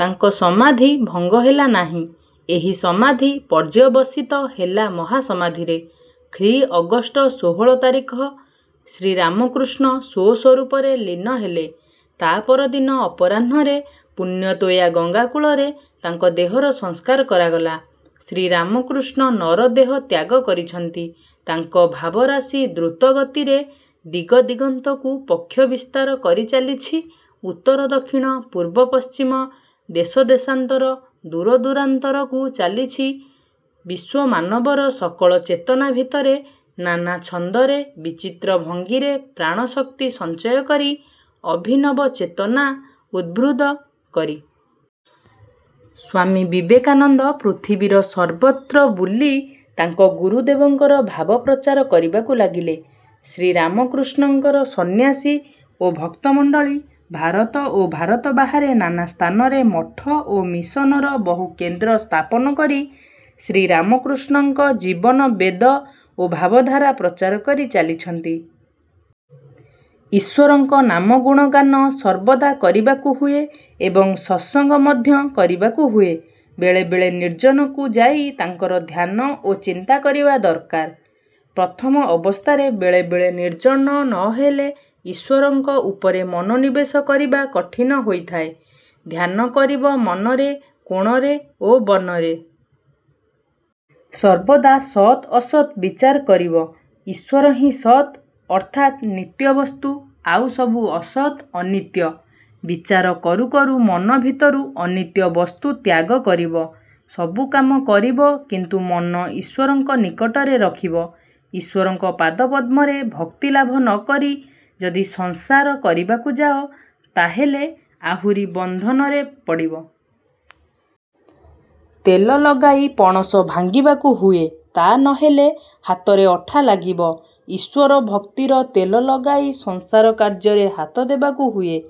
ତାଙ୍କ ସମାଧି ଭଙ୍ଗ ହେଲା ନାହିଁ। ଏହି ସମାଧି ପର୍ଯ୍ୟବସିତ ହେଲା ମହାସମାଧିରେ। ଖ୍ରୀ: ଅଗଷ୍ଟ ଷୋହଳ ତାରିଖ ଶ୍ରୀରାମକୃଷ୍ଣ ସ୍ୱ-ସ୍ୱରୂପରେ ଲୀନ ହେଲେ। ତା' ପରଦିନ ଅପରାହ୍ନରେ ପୁଣ୍ୟତୋୟା ଗଙ୍ଗାକୂଳରେ ତାଙ୍କ ଦେହର ସଂସ୍କାର କରାଗଲା। ଶ୍ରୀରାମକୃଷ୍ଣ ନରଦେହ ତ୍ୟାଗ କରିଛନ୍ତି। ତାଙ୍କ ଭାବରାଶି ଦ୍ରୁତଗତିରେ ଦିଗଦିଗନ୍ତକୁ ପକ୍ଷ ବିସ୍ତାର କରି ଚାଲିଛି-ଉତ୍ତର-ଦକ୍ଷିଣ, ପୂର୍ବପଶ୍ଚିମ, ଦେଶଦେଶାନ୍ତର, ଦୂରଦୂରାନ୍ତରକୁ-ଚାଲିଛି ବିଶ୍ୱମାନବର ସକଳ ଚେତନା ଭିତରେ, ନାନା ଛନ୍ଦରେ, ବିଚିତ୍ର ଭଙ୍ଗୀରେ ପ୍ରାଣଶକ୍ତି ସଞ୍ଚୟ କରି, ଅଭିନବ ଚେତନା ଉଦ୍ବୁଦ୍ଧ କରି। ସ୍ୱାମୀ ବିବେକାନନ୍ଦ ପୃଥିବୀର ସର୍ବତ୍ର ବୁଲି ତାଙ୍କ ଗୁରୁଦେବଙ୍କର ଭାବ ପ୍ରଚାର କରିବାକୁ ଲାଗିଲେ। ଶ୍ରୀରାମକୃଷ୍ଣଙ୍କର ସନ୍ନ୍ୟାସୀ ଓ ଭକ୍ତମଣ୍ଡଳୀ ଭାରତ ଓ ଭାରତ ବାହାରେ ନାନା ସ୍ଥାନରେ ମଠ ଓ ମିଶନର ବହୁ କେନ୍ଦ୍ର ସ୍ଥାପନ କରି ଶ୍ରୀରାମକୃଷ୍ଣଙ୍କ ଜୀବନ-ବେଦ ଓ ଭାବଧାରା ପ୍ରଚାର କରି ଚାଲିଛନ୍ତି। ଈଶ୍ୱରଙ୍କ ନାମଗୁଣ ଗାନ ସର୍ବଦା କରିବାକୁ ହୁଏ ଏବଂ ସତ୍ସଙ୍ଗ ମଧ୍ୟ କରିବାକୁ ହୁଏ। ବେଳେବେଳେ ନିର୍ଜନକୁ ଯାଇ ତାଙ୍କର ଧ୍ୟାନ ଓ ଚିନ୍ତା କରିବା ଦରକାର। ପ୍ରଥମ ଅବସ୍ଥାରେ ବେଳେବେଳେ ନିର୍ଜନ ନ ହେଲେ ଈଶ୍ୱରଙ୍କ ଉପରେ ମନୋନିବେଶ କରିବା କଠିନ ହୋଇଥାଏ। ଧ୍ୟାନ କରିବ ମନରେ, କୋଣରେ ଓ ବର୍ଣ୍ଣରେ। ସର୍ବଦା ସତ୍ ଅସତ୍ ବିଚାର କରିବ। ଈଶ୍ୱର ହିଁ ସତ୍, ଅର୍ଥାତ୍ ନିତ୍ୟ ବସ୍ତୁ; ଆଉସବୁ ଅସତ୍, ଅନିତ୍ୟ। ବିଚାର କରୁ କରୁ ମନ ଭିତରୁ ଅନିତ୍ୟ ବସ୍ତୁ ତ୍ୟାଗ କରିବ। ସବୁ କାମ କରିବ, କିନ୍ତୁ ମନ ଈଶ୍ୱରଙ୍କ ନିକଟରେ ରଖିବ। ଈଶ୍ୱରଙ୍କ ପାଦପଦ୍ମରେ ଭକ୍ତିଲାଭ ନ କରି ଯଦି ସଂସାର କରିବାକୁ ଯାଅ, ତା' ହେଲେ ଆହୁରି ବନ୍ଧନରେ ପଡ଼ିବ। ତେଲ ଲଗାଇ ପଣସ ଭାଙ୍ଗିବାକୁ ହୁଏ, ତା'ନ ହେଲେ ହାତରେ ଅଠା ଲାଗିବ। ଈଶ୍ୱର ଭକ୍ତିର ତେଲ ଲଗାଇ ସଂସାର କାର୍ଯ୍ୟରେ ହାତ ଦେବାକୁ ହୁଏ।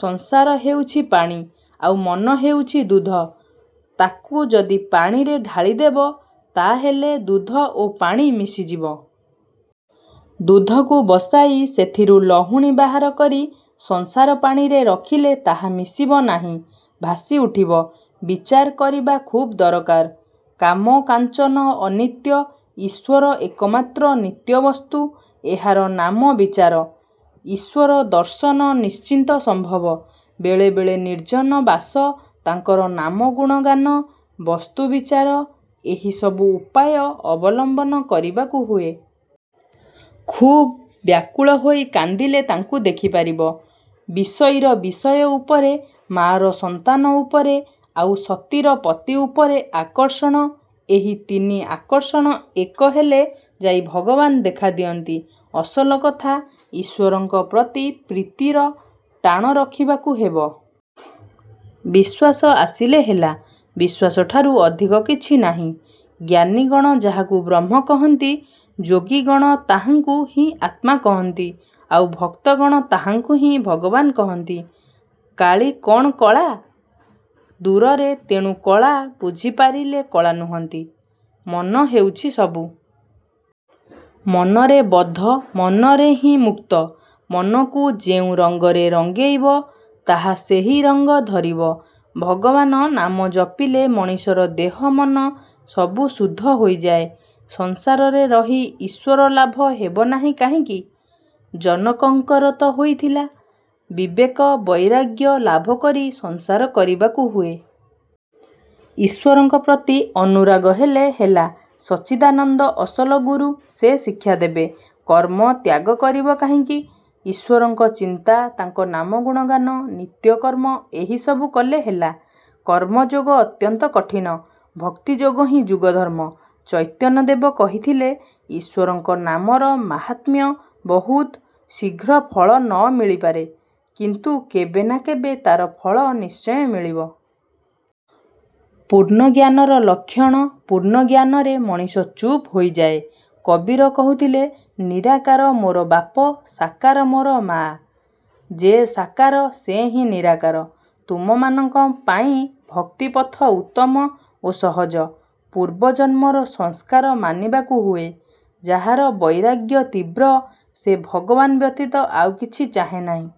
ସଂସାର ହେଉଛି ପାଣି, ଆଉ ମନ ହେଉଛି ଦୁଧ। ତା'କୁ ଯଦି ପାଣିରେ ଢାଳିଦେବ, ତା' ହେଲେ ଦୁଧ ଓ ପାଣି ମିଶିଯିବ। ଦୁଧକୁ ବସାଇ ସେଥିରୁ ଲହୁଣୀ ବାହାର କରି ସଂସାର-ପାଣିରେ ରଖିଲେ ତାହା ମିଶିବ ନାହିଁ, ଭାସି ଉଠିବ। ବିଚାର କରିବା ଖୁବ୍ ଦରକାର। କାମ-କାଞ୍ଚନ ଅନିତ୍ୟ, ଈଶ୍ୱର ଏକମାତ୍ର ନିତ୍ୟ ବସ୍ତୁ-ଏହାର ନାମ ବିଚାର। ଈଶ୍ୱର ଦର୍ଶନ ନିଶ୍ଚିତ ସମ୍ଭବ। ବେଳେବେଳେ ନିର୍ଜନ-ବାସ, ତାଙ୍କର ନାମଗୁଣ ଗାନ, ବସ୍ତୁ-ବିଚାର-ଏହିସବୁ ଉପାୟ ଅବଲମ୍ବନ କରିବାକୁ ହୁଏ। ଖୁବ୍ ବ୍ୟାକୁଳ ହୋଇ କାନ୍ଦିଲେ ତାଙ୍କୁ ଦେଖିପାରିବ। ବିଷୟୀର ବିଷୟ ଉପରେ, ମା'ର ସନ୍ତାନ ଉପରେ, ଆଉ ସତୀର ପତି ଉପରେ ଆକର୍ଷଣ-ଏହି ତିନି ଆକର୍ଷଣ ଏକ ହେଲେ ଯାଇ ଭଗବାନ ଦେଖା ଦିଅନ୍ତି। ଅସଲ କଥା, ଈଶ୍ୱରଙ୍କ ପ୍ରତି ପ୍ରୀତିର ଟାଣ ରଖିବାକୁ ହେବ। ବିଶ୍ୱାସ ଆସିଲେ ହେଲା। ବିଶ୍ୱାସଠାରୁ ଅଧିକ କିଛି ନାହିଁ। ଜ୍ଞାନୀଗଣ ଯାହାକୁ ବ୍ରହ୍ମ କହନ୍ତି, ଯୋଗୀଗଣ ତାହାଙ୍କୁ ହିଁ ଆତ୍ମା କହନ୍ତି, ଆଉ ଭକ୍ତଗଣ ତାହାଙ୍କୁ ହିଁ ଭଗବାନ କହନ୍ତି। କାଳୀ କ'ଣ କଳା! ଦୂରରେ, ତେଣୁ କଳା; ବୁଝିପାରିଲେ କଳା ନୁହନ୍ତି। ମନ ହେଉଛି ସବୁ। ମନରେ ବଦ୍ଧ, ମନରେ ହିଁ ମୁକ୍ତ। ମନକୁ ଯେଉଁ ରଙ୍ଗରେ ରଙ୍ଗେଇବ, ତାହା ସେହି ରଙ୍ଗ ଧରିବ। ଭଗବାନ ନାମ ଜପିଲେ ମଣିଷର ଦେହ ମନ ସବୁ ଶୁଦ୍ଧ ହୋଇଯାଏ। ସଂସାରରେ ରହି ଈଶ୍ୱର ଲାଭ ହେବ ନାହିଁ କାହିଁକି? ଜନକଙ୍କର ତ ହୋଇଥିଲା। ବିବେକ-ବୈରାଗ୍ୟ ଲାଭ କରି ସଂସାର କରିବାକୁ ହୁଏ। ଈଶ୍ୱରଙ୍କ ପ୍ରତି ଅନୁରାଗ ହେଲେ ହେଲା। ସଚ୍ଚିଦାନନ୍ଦ ଅସଲ ଗୁରୁ; ସେ ଶିକ୍ଷା ଦେବେ। କର୍ମ ତ୍ୟାଗ କରିବ କାହିଁକି? ଈଶ୍ୱରଙ୍କ ଚିନ୍ତା, ତାଙ୍କ ନାମଗୁଣ ଗାନ, ନିତ୍ୟକର୍ମ-ଏହିସବୁ କଲେ ହେଲା। କର୍ମଯୋଗ ଅତ୍ୟନ୍ତ କଠିନ। ଭକ୍ତିଯୋଗ ହିଁ ଯୁଗଧର୍ମ। ଚୈତନ୍ୟଦେବ କହିଥିଲେ ଈଶ୍ୱରଙ୍କ ନାମର ମାହାତ୍ମ୍ୟ ବହୁତ; ଶୀଘ୍ର ଫଳ ନ ମିଳିପାରେ, କିନ୍ତୁ କେବେ ନା କେବେ ତା'ର ଫଳ ନିଶ୍ଚୟ ମିଳିବ। ପୂର୍ଣ୍ଣଜ୍ଞାନର ଲକ୍ଷଣ ପୂର୍ଣ୍ଣଜ୍ଞାନରେ ମଣିଷ ଚୁପ୍ ହୋଇଯାଏ। କବୀର କହୁଥିଲେ ନିରାକାର ମୋର ବାପ, ସାକାର ମୋର ମା'। ଯେ ସାକାର, ସେ ହିଁ ନିରାକାର। ତୁମମାନଙ୍କ ପାଇଁ ଭକ୍ତିପଥ ଉତ୍ତମ ଓ ସହଜ। ପୂର୍ବଜନ୍ମର ସଂସ୍କାର ମାନିବାକୁ ହୁଏ। ଯାହାର ବୈରାଗ୍ୟ ତୀବ୍ର, ସେ ଭଗବାନ ବ୍ୟତୀତ ଆଉ କିଛି ଚାହେଁ ନାହିଁ।